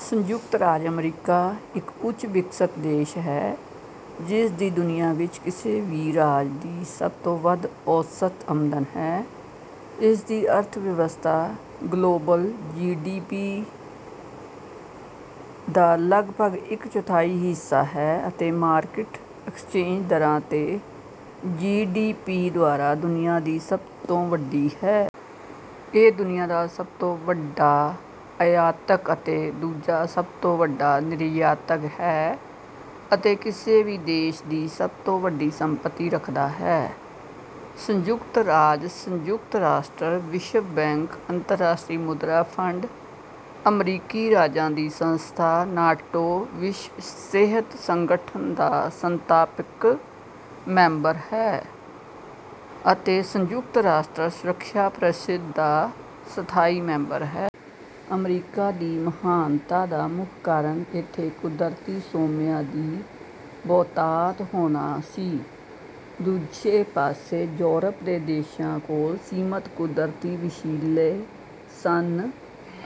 ਸੰਯੁਕਤ ਰਾਜ ਅਮਰੀਕਾ ਇੱਕ ਉੱਚ ਵਿਕਸਤ ਦੇਸ਼ ਹੈ ਜਿਸਦੀ ਦੁਨੀਆ ਵਿੱਚ ਕਿਸੇ ਵੀ ਰਾਜ ਦੀ ਸਭ ਤੋਂ ਵੱਧ ਔਸਤ ਆਮਦਨ ਹੈ। ਇਸਦੀ ਅਰਥਵਿਵਸਥਾ ਗਲੋਬਲ ਜੀਡੀਪੀ ਦਾ ਲਗਭਗ ਇੱਕ ਚੌਥਾਈ ਹਿੱਸਾ ਹੈ ਅਤੇ ਮਾਰਕੀਟ ਐਕਸਚੇਂਜ ਦਰਾਂ 'ਤੇ ਜੀਡੀਪੀ ਦੁਆਰਾ ਦੁਨੀਆ ਦੀ ਸਭ ਤੋਂ ਵੱਡੀ ਹੈ। ਇਹ ਦੁਨੀਆ ਦਾ ਸਭ ਤੋਂ ਵੱਡਾ ਆਯਾਤਕ ਅਤੇ ਦੂਜਾ ਸਭ ਤੋਂ ਵੱਡਾ ਨਿਰਯਾਤਕ ਹੈ, ਅਤੇ ਕਿਸੇ ਵੀ ਦੇਸ਼ ਦੀ ਸਭ ਤੋਂ ਵੱਡੀ ਸੰਪੱਤੀ ਰੱਖਦਾ ਹੈ। ਸੰਯੁਕਤ ਰਾਜ ਸੰਯੁਕਤ ਰਾਸ਼ਟਰ, ਵਿਸ਼ਵ ਬੈਂਕ, ਅੰਤਰਰਾਸ਼ਟਰੀ ਮੁਦਰਾ ਫੰਡ, ਅਮਰੀਕੀ ਰਾਜਾਂ ਦੀ ਸੰਸਥਾ, ਨਾਟੋ, ਵਿਸ਼ਵ ਸਿਹਤ ਸੰਗਠਨ ਦਾ ਸੰਸਥਾਪਕ ਮੈਂਬਰ ਹੈ, ਅਤੇ ਸੰਯੁਕਤ ਰਾਸ਼ਟਰ ਸੁਰੱਖਿਆ ਪ੍ਰੀਸ਼ਦ ਦਾ ਸਥਾਈ ਮੈਂਬਰ ਹੈ। ਅਮਰੀਕਾ ਦੀ ਮਹਾਨਤਾ ਦਾ ਮੁੱਖ ਕਾਰਨ ਇੱਥੇ ਕੁਦਰਤੀ ਸੋਮਿਆਂ ਦੀ ਬਹੁਤਾਤ ਹੋਣਾ ਸੀ। ਦੂਜੇ ਪਾਸੇ ਯੂਰਪ ਦੇ ਦੇਸ਼ਾਂ ਕੋਲ ਸੀਮਿਤ ਕੁਦਰਤੀ ਵਸੀਲੇ ਸਨ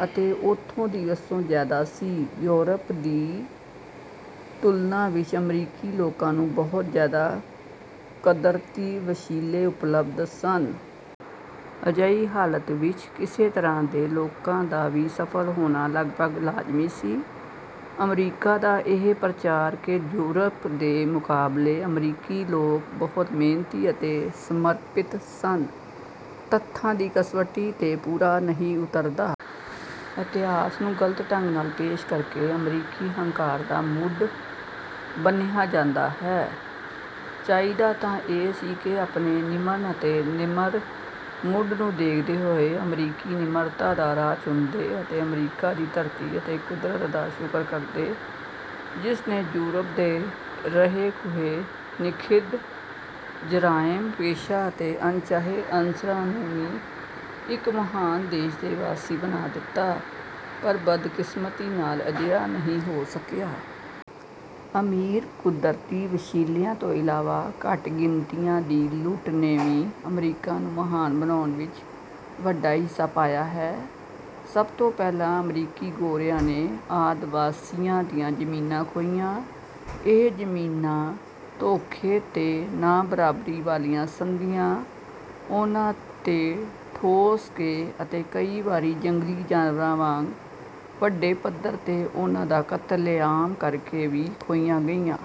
ਅਤੇ ਉਥੋਂ ਦੀ ਵਸੋਂ ਜ਼ਿਆਦਾ ਸੀ। ਯੂਰਪ ਦੀ ਤੁਲਨਾ ਵਿੱਚ ਅਮਰੀਕੀ ਲੋਕਾਂ ਨੂੰ ਬਹੁਤ ਜ਼ਿਆਦਾ ਕਦਰਤੀ ਵਸੀਲੇ ਉਪਲਬਧ ਸਨ। ਅਜਿਹੀ ਹਾਲਤ ਵਿੱਚ ਕਿਸੇ ਤਰ੍ਹਾਂ ਦੇ ਲੋਕਾਂ ਦਾ ਵੀ ਸਫ਼ਲ ਹੋਣਾ ਲਗਪਗ ਲਾਜ਼ਮੀ ਸੀ। ਅਮਰੀਕਾ ਦਾ ਇਹ ਪ੍ਰਚਾਰ ਕਿ ਯੂਰਪ ਦੇ ਮੁਕਾਬਲੇ ਅਮਰੀਕੀ ਲੋਕ ਬਹੁਤ ਮਿਹਨਤੀ ਅਤੇ ਸਮਰਪਿਤ ਸਨ ਤੱਥਾਂ ਦੀ ਕਸਵਟੀ 'ਤੇ ਪੂਰਾ ਨਹੀਂ ਉਤਰਦਾ। ਇਤਿਹਾਸ ਨੂੰ ਗਲਤ ਢੰਗ ਨਾਲ ਪੇਸ਼ ਕਰਕੇ ਅਮਰੀਕੀ ਹੰਕਾਰ ਦਾ ਮੁੱਢ ਬੰਨਿ੍ਹਆ ਜਾਂਦਾ ਹੈ। ਚਾਹੀਦਾ ਤਾਂ ਇਹ ਸੀ ਕਿ ਆਪਣੇ ਨਿਮਨ ਅਤੇ ਨਿਮਰ ਮੁੱਢ ਨੂੰ ਦੇਖਦੇ ਹੋਏ ਅਮੀਰਕੀ ਨਿਮਰਤਾ ਦਾ ਰਾਹ ਚੁਣਦੇ ਅਤੇ ਅਮਰੀਕਾ ਦੀ ਧਰਤੀ ਅਤੇ ਕੁਦਰਤ ਦਾ ਸ਼ੁਕਰ ਕਰਦੇ ਜਿਸ ਨੇ ਯੂਰਪ ਦੇ ਰਹੇ-ਖੁਹੇ, ਨਖਿੱਧ, ਜਰਾਇਮ ਪੇਸ਼ਾ ਅਤੇ ਅਣਚਾਹੇ ਅਨਸਰਾਂ ਨੂੰ ਵੀ ਇੱਕ ਮਹਾਨ ਦੇਸ਼ ਦੇ ਵਾਸੀ ਬਣਾ ਦਿੱਤਾ ਪਰ ਬਦਕਿਸਮਤੀ ਨਾਲ ਅਜਿਹਾ ਨਹੀਂ ਹੋ ਸਕਿਆ। ਅਮੀਰ ਕੁਦਰਤੀ ਵਸੀਲਿਆਂ ਤੋਂ ਇਲਾਵਾ ਘੱਟ ਗਿਣਤੀਆਂ ਦੀ ਲੁੱਟ ਨੇ ਵੀ ਅਮਰੀਕਾ ਨੂੰ ਮਹਾਨ ਬਣਾਉਣ ਵਿੱਚ ਵੱਡਾ ਹਿੱਸਾ ਪਇਆ ਹੈ। ਸਭ ਤੋਂ ਪਹਿਲਾਂ ਅਮਰੀਕੀ ਗੋਰਿਆਂ ਨੇ ਆਦਿਵਾਸੀਆਂ ਦੀਆਂ ਜ਼ਮੀਨਾਂ ਖੋਹੀਆਂ, ਇਹ ਜ਼ਮੀਨਾਂ ਧੋਖੇ ਤੇ ਨਾਬਰਾਬਰੀ ਵਾਲੀਆਂ ਸੰਧੀਆਂ ਉਨ੍ਹਾਂ 'ਤੇ ਠੋਸ ਕੇ ਅਤੇ ਕਈ ਵਾਰੀ ਜੰਗਲੀ ਜਾਨਵਰਾਂ ਵਾਂਗ ਵੱਡੇ ਪੱਧਰ 'ਤੇ ਉਨ੍ਹਾਂ ਦਾ ਕਤਲੇਆਮ ਕਰ ਕੇ ਵੀ ਖੋਹੀਆਂ ਗਈਆਂ।